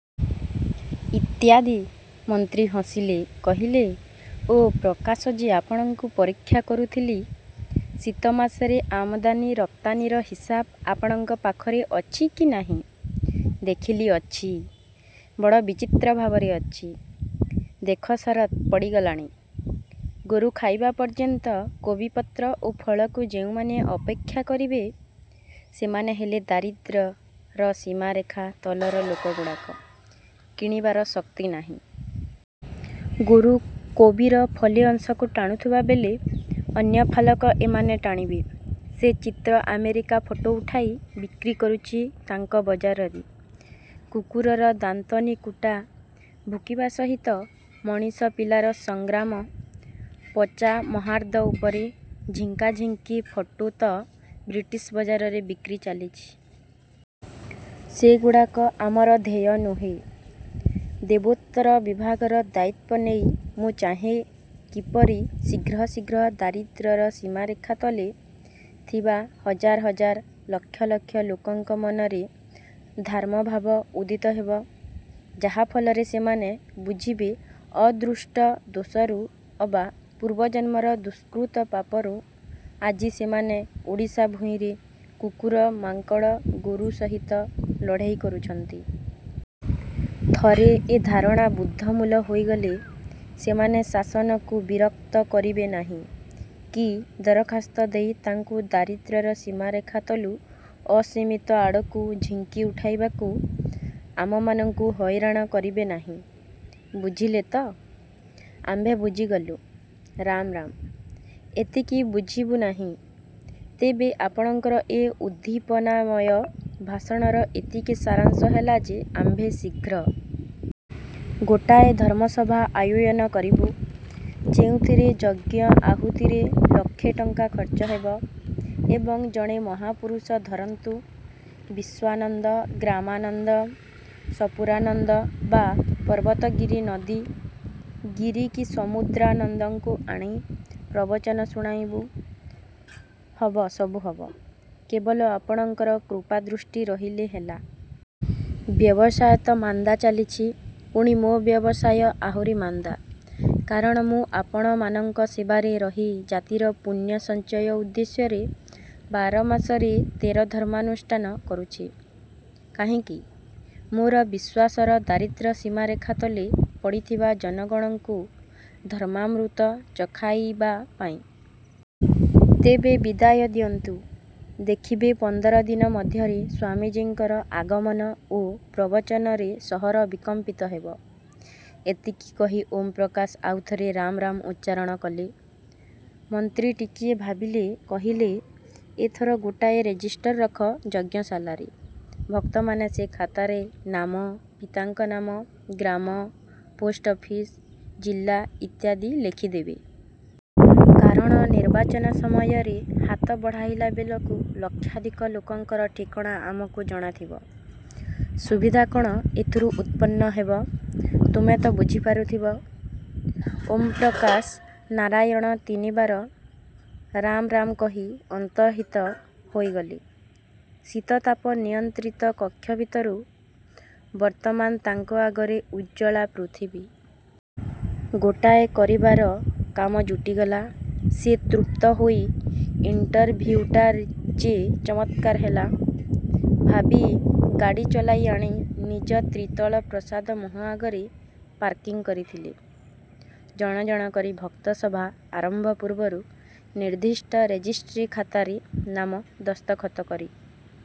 ଇତ୍ୟାଦି ମନ୍ତ୍ରୀ ହସିଲେ-କହିଲେ ଓ ପ୍ରକାଶଜୀ ଆପଣଙ୍କୁ ପରୀକ୍ଷା କରୁଥିଲି.. - ଶୀତ ମାସରେ ଆମଦାନୀ ରପ୍ତାନୀର ହିସାବ ଆପଣଙ୍କ ପାଖରେ ଅଛି କି ନାହିଁ। ଦେଖିଲି, ଅଛି। ବଡ଼ ବିଚିତ୍ର ଭାବରେ ଅଛି। ଦେଖ ଶରତ୍ ପଡ଼ିଗଲାଣି, ଗୋରୁ ଖାଇବା ପର୍ଯ୍ୟନ୍ତ କୋବିପତ୍ର ଓ ଫଳକୁ ଯେଉଁମାନେ ଅପେକ୍ଷା କରିବେ, ସେମାନେ ହେଲେ ଦାରିଦ୍ର୍ୟର ସୀମାରେଖା ତଳର ଲୋକଗୁଡ଼ାକ, କିଣିବାର ଶକ୍ତି ନାହିଁ। ଗୋରୁ କୋବିର ଫଳେ ଅଂଶକୁ ଟାଣୁଥିବାବେଳେ ଅନ୍ୟ ଫାଳକ ଏମାନେ ଟାଣିବେ। ସେ ଚିତ୍ର ଆମେରିକା ଫଟୋ ଉଠାଇ ବିକ୍ରି କରୁଛି ତାଙ୍କ ବଜାରରେ। କୁକୁରର ଦାନ୍ତନିକୁଟା ଭୁକିବା ସହିତ ମଣିଷ ପିଲାର ସଂଗ୍ରାମ ପଚା ମହାର୍ଦ ଉପରେ ଝିଙ୍କାଝିଙ୍କି ଫଟୋ ତ ବ୍ରିଟିଶ ବଜାରରେ ବିକ୍ରି ଚାଲିଛି। ସେଗୁଡ଼ାକ ଆମର ଧ୍ୟେୟ ନୁହେଁ। ଦେବୋତ୍ତର ବିଭାଗର ଦାୟିତ୍ଵ ନେଇ ମୁଁ ଚାହେଁ କିପରି ଶୀଘ୍ର ଶୀଘ୍ର ଦାରିଦ୍ର୍ୟର ସୀମାରେଖା ତଳେ ଥିବା ହଜାର ହଜାର ଲକ୍ଷ ଲକ୍ଷ ଲୋକଙ୍କ ମନରେ ଧାର୍ମଭାବ ଉଦିତ ହେବ, ଯାହା ଫଳରେ ସେମାନେ ବୁଝିବେ ଅଦୃଷ୍ଟ ଦୋଷରୁ ଅବା ପୂର୍ବଜନ୍ମର ଦୁଷ୍କୃତ ପାପରୁ ଆଜି ସେମାନେ ଓଡ଼ିଶା ଭୂଇଁରେ କୁକୁର, ମାଙ୍କଡ଼, ଗୋରୁ ସହିତ ଲଢ଼େଇ କରୁଛନ୍ତି। ଥରେ ଏ ଧାରଣା ବଦ୍ଧମୂଳ ହୋଇଗଲେ, ସେମାନେ ଶାସନକୁ ବିରକ୍ତ କରିବେନାହିଁ କି ଦରଖାସ୍ତ ଦେଇ ତାଙ୍କୁ ଦାରିଦ୍ର୍ୟର ସୀମାରେଖା ତଳୁ ଅସୀମତ ଆଡ଼କୁ ଝିଙ୍କି ଉଠାଇବାକୁ ଆମମାନଙ୍କୁ ହଇରାଣ କରିବେନାହିଁ। ବୁଝିଲେ ତ? ଆମ୍ଭେ ବୁଝିଗଲୁ ରାମ୍ ରାମ୍ ଏତିକି ବୁଝିବୁନାହିଁ? ତେବେ ଆପଣଙ୍କର ଏ ଉଦ୍ଦୀପନାମୟ ଭାଷଣର ଏତିକି ସାରାଂଶ ହେଲା ଯେ ଆମ୍ଭେ ଶୀଘ୍ର। ଗୋଟାଏ ଧର୍ମସଭା ଆୟୋଜନ କରିବୁ ଯେଉଁଥିରେ ଯଜ୍ଞ ଆହୁତିରେ ଲକ୍ଷେ ଟଙ୍କା ଖର୍ଚ୍ଚ ହେବ ଏବଂ ଜଣେ ମହାପୁରୁଷ ଧରନ୍ତୁ ବିଶ୍ଵାନନ୍ଦ, ଗ୍ରାମାନନ୍ଦ, ସପୁରାନନ୍ଦ ବା ପର୍ବତ ଗିରି-ନଦୀ ଗିରି କି ସମୁଦ୍ରାନନ୍ଦଙ୍କୁ ଆଣି ପ୍ରବଚନ ଶୁଣାଇବୁ। ହବ, ସବୁ ହବ। କେବଳ ଆପଣଙ୍କର କୃପାଦୃଷ୍ଟି ରହିଲେ ହେଲା। ବ୍ୟବସାୟ ତ ମାନ୍ଦା ଚାଲିଛି, ପୁଣି ମୋ ବ୍ୟବସାୟ ଆହୁରି ମାନ୍ଦା। କାରଣ ମୁଁ ଆପଣମାନଙ୍କ ସେବାରେ ରହି ଜାତିର ପୁଣ୍ୟ ସଞ୍ଚୟ ଉଦ୍ଦେଶ୍ୟରେ ବାରମାସରେ ତେର ଧର୍ମାନୁଷ୍ଠାନ କରୁଛି। କାହିଁକି? ମୋର ବିଶ୍ଵାସର ଦାରିଦ୍ର୍ୟ ସୀମାରେଖା ତଳେ ପଡ଼ିଥିବା ଜନଗଣଙ୍କୁ ଧର୍ମାମୃତ ଚଖାଇବା ପାଇଁ। ତେବେ ବିଦାୟ ଦିଅନ୍ତୁ। ଦେଖିବେ ପନ୍ଦର ଦିନ ମଧ୍ୟରେ ସ୍ଵାମୀଜିଙ୍କର ଆଗମନ ଓ ପ୍ରବଚନରେ ସହର ବିକମ୍ପିତ ହେବ। ଏତିକି କହି ଓମ ପ୍ରକାଶ ଆଉ ଥରେ ରାମ୍ ରାମ୍ ଉଚ୍ଚାରଣ କଲେ। ମନ୍ତ୍ରୀ ଟିକିଏ ଭାବିଲେ-କହିଲେ-ଏଥର ଗୋଟାଏ ରେଜିଷ୍ଟର ରଖ ଯଜ୍ଞଶାଳାରେ। ଭକ୍ତମାନେ ସେ ଖାତାରେ ନାମ, ପିତାଙ୍କ ନାମ, ଗ୍ରାମ, ପୋଷ୍ଟ ଅଫିସ, ଜିଲ୍ଲା ଇତ୍ୟାଦି ଲେଖିଦେବେ। କାରଣ ନିର୍ବାଚନ ସମୟରେ ହାତ ବଢ଼ାଇଲାବେଳକୁ ଲକ୍ଷାଧିକ ଲୋକଙ୍କର ଠିକଣା ଆମକୁ ଜଣାଥିବ। ସୁବିଧା କଣ ଏଥିରୁ ଉତ୍ପନ୍ନ ହେବ, ତୁମେ ତ ବୁଝିପାରୁଥିବ-। ଓଁ ପ୍ରକାଶ ନାରାୟଣ ତିନିବାର ରାମ୍ ରାମ୍ କହି ଅନ୍ତର୍ହିତ ହୋଇଗଲେ ଶୀତତାପ ନିୟନ୍ତ୍ରିତ କକ୍ଷ ଭିତରୁ ବର୍ତ୍ତମାନ ତାଙ୍କ ଆଗରେ ଉଜ୍ଜ୍ଵଳା ପୃଥିବୀ। ଗୋଟାଏ କରିବାର କାମ ଜୁଟିଗଲା। ସେ ତୃପ୍ତହୋଇ ଇଣ୍ଟରଭିଉଟା ଯେ ଚମତ୍କାର ହେଲା, ଭାବି ଗାଡ଼ି ଚଳାଇ ଆଣି ନିଜ ତ୍ରିତଳ ପ୍ରସାଦ ମୁହଁ ଆଗରେ ପାର୍କିଂ କରିଥିଲେ। ଜଣ ଜଣ କରି ଭକ୍ତ ସଭା ଆରମ୍ଭ ପୂର୍ବରୁ ନିର୍ଦ୍ଦିଷ୍ଟ ରେଜିଷ୍ଟ୍ରି ଖାତାରେ ନାମ ଦସ୍ତଖତ କରି